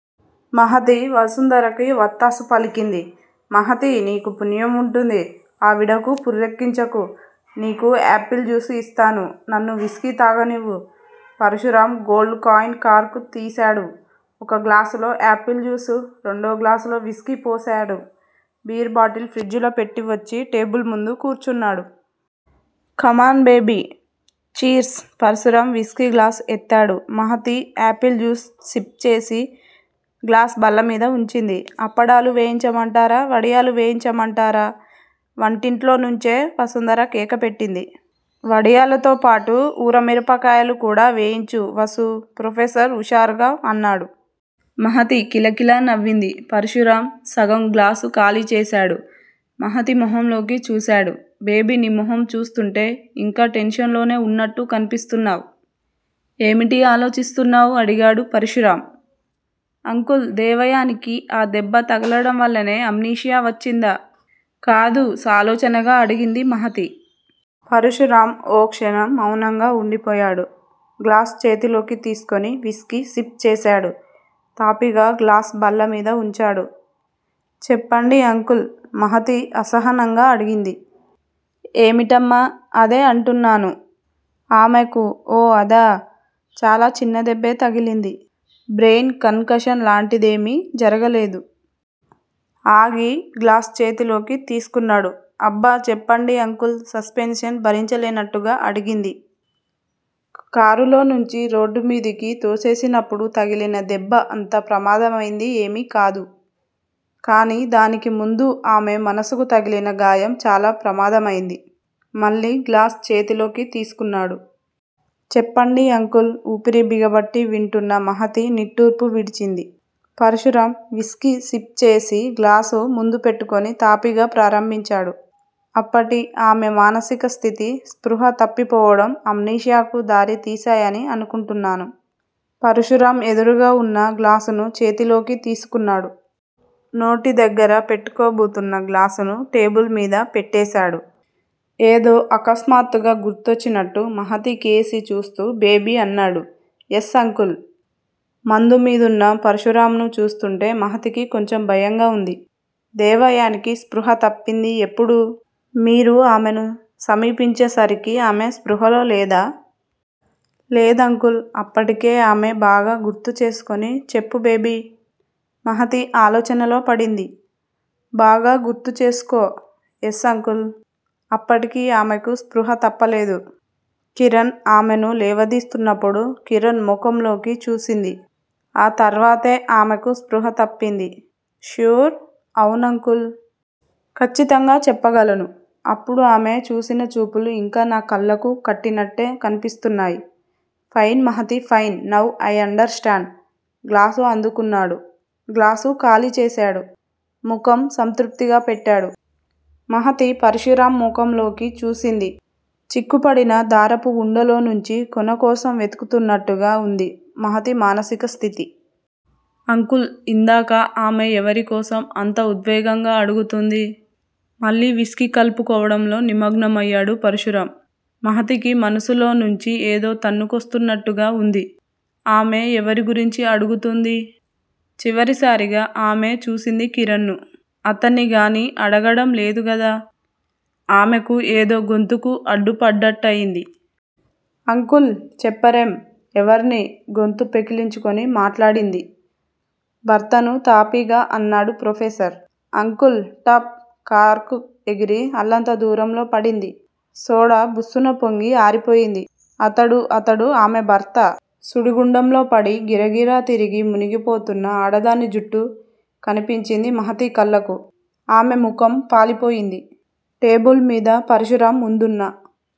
మహతి వసుంధరకు వత్తాసు పలికింది. మహతీ! నీకు పుణ్యం ఉంటుంది. ఆవిడకు పురెక్కించకు. నీకు యాపిల్ జ్యూస్ ఇస్తాను. నన్ను విస్కీ తాగనివ్వు. పరశురాం గోల్డ్ కాయిన్ కార్క్ తీశాడు. ఒక గ్లాసులో యాపిల్ జ్యూస్ రెండో గ్లాసులో విస్కీ పోశాడు. బీర్ బాటిల్ ఫ్రిజ్‌లో పెట్టి వచ్చి టేబుల్ ముందు కూర్చున్నాడు. Come on baby cheers Parashuram whisky glass ఎత్తాడు. మహతి యాపిల్ జ్యూస్ సిప్ చేసి గ్లాసు బల్ల మీద ఉంచింది. అప్పడాలు వేయించమంటారా వడియాలు వేయించమంటారా? వంటింట్లో నుంచే వసుంధర కేక పెట్టింది. వడియాలతో పాటు ఊర మిరపకాయలు కూడా వేయించు వసూ ప్రొఫెసర్ ఉషారుగా అన్నాడు. మహతి కిలకిలా నవ్వింది. పరశురాం సగం గ్లాసు ఖాళీ చేశాడు. మహతి ముఖంలోకి చూశాడు. బేబీ నీ మొహం చూస్తుంటే ఇంకా టెన్షన్‌లోనే ఉన్నట్టు కనిపిస్తున్నావ్. ఏమిటి ఆలోచిస్తున్నావ్? అడిగాడు పరశురాం. అంకుల్ దేవయానికి ఆ దెబ్బ తగలడం వల్లనే అమ్నీషియా వచ్చిందా కదూ సాలోచనగా అడిగింది మహతి. పరశురాం ఓ క్షణం మౌనంగా ఉండిపోయాడు. గ్లాసు చేతిలోకి తీసుకుని విస్కీ సిప్ చేశాడు. తాపీగా గ్లాసు బల్ల మీద ఉంచాడు. చెప్పండి అంకుల్ మహతి అసహనంగా అడిగింది. ఏమిటమ్మా! అదే అంటున్నాను. ఆమెకు ఓ అదా? చాలా చిన్న దెబ్బే తగిలింది. బ్రెయిన్ కన్‌కషన్ లాంటిదేమీ జరగలేదు. ఆగి గ్లాసు చేతిలోకి తీసుకున్నాడు. అబ్బా చెప్పండి అంకుల్ సస్పెన్స్ భరించలేనట్టుగా అడిగింది. కారులో నుంచి రోడ్డుమీదకు తోసేసినప్పుడు తగిలిన దెబ్బ అంత ప్రమాదమైంది ఏమీ కాదు. కానీ దానికి ముందు ఆమె మనసుకు తగిలిన గాయం చాలా ప్రమాదమైంది. మళ్లీ గ్లాసు చేతిలోకి తీసుకున్నాడు. చెప్పండి అంకుల్ ఊపిరి బిగబట్టి వింటున్న మహతి నిట్టూర్పు విడిచింది. పరశురాం విస్కీ సిప్ చేసి గ్లాసు ముందు పెట్టుకుని తాపీగా ప్రారంభించాడు. అప్పటి ఆమె మానసిక స్థితి స్పృహ తప్పిపోవడం అమ్నీషియాకు దారి తీశాయని అనుకుంటున్నాను. పరశురాం ఎదురుగా ఉన్న గ్లాసును చేతిలోకి తీసుకున్నాడు. నోటి దగ్గర పెట్టుకోబోతున్న గ్లాసును టేబుల్ మీద పెట్టేశాడు. ఏదో అకస్మాత్తుగా గుర్తొచ్చినట్టు మహతి కేసి చూస్తూ బేబీ అన్నాడు. Yes uncle. మందు మీదున్న పరశురాంను చూస్తుంటే మహతికి కొంచెం భయంగా ఉంది. దేవయానికి స్పృహ తప్పింది ఎప్పుడు? మీరు ఆమెను సమీపించే సరికి ఆమె స్పృహలో లేదా? లేదంకుల్. అప్పటికే ఆమె... బాగా గుర్తుచేసుకుని చెప్పు బేబీ. మహతి ఆలోచనలో పడింది. బాగా గుర్తు చేసుకో. Yes uncle. అప్పటికి ఆమెకు స్పృహ తప్పలేదు. కిరణ్ ఆమెను లేవదీస్తున్నప్పుడు కిరణ్ ముఖంలోకి చూసింది. ఆ తర్వాతే ఆమెకు స్పృహ తప్పింది. ష్యూర్! అవును అంకుల్. ఖచ్చితంగా చెప్పగలను. అప్పుడు ఆమె చూసిన చూపులు ఇంకా నా కళ్లకు కట్టినట్టే కనిపిస్తున్నాయి. Fine Mahati fine now I understand. Glass అందుకున్నాడు. గ్లాసు ఖాళీ చేశాడు. ముఖం సంతృప్తిగా పెట్టాడు. మహతి పరశురాం ముఖంలోకి చూసింది. చిక్కుపడిన దారపు ఉండలో నుంచి కొన కోసం వెదుకుతున్నట్టుగా ఉంది మహతి మానసిక స్థితి. అంకుల్ ఇందాక ఆమె ఎవరి కోసం అంత ఉద్వేగంగా అడుగుతోంది? మళ్లీ విస్కీ కలుపుకోవడంలో నిమగ్నమయ్యాడు పరశురాం. మహతికి మనసులో నుంచి ఏదో తన్నుకొస్తున్నట్టుగా ఉంది. ఆమె ఎవరి గురించి అడుగుతోంది. చివరిసారిగా ఆమె చూసింది కిరణ్‌ను. అతన్ని గానీ అడగడం లేదుగదా? ఆమెకు ఏదో గొంతుకు అడ్డుపడ్డట్టయింది. అంకుల్! చెప్పరేం? ఎవర్ని? గొంతు పెకిలించుకొని మాట్లాడింది. భర్తను తాపీగా అన్నాడు ప్రొఫెసర్. అంకుల్ టప్. కార్క్ ఎగిరి అల్లంత దూరంలో పడింది. సోడా బుస్సున పొంగి ఆరిపోయింది. అతడు అతడు ఆమె భర్తా? సుడిగుండంలో పడి గిరగిరా తిరిగి మునిగిపోతున్న ఆడదాని జుట్టు కనిపించింది మహతి కళ్లకు. ఆమె ముఖం పాలిపోయింది. టేబుల్ మీద పరశురాం ముందున్న.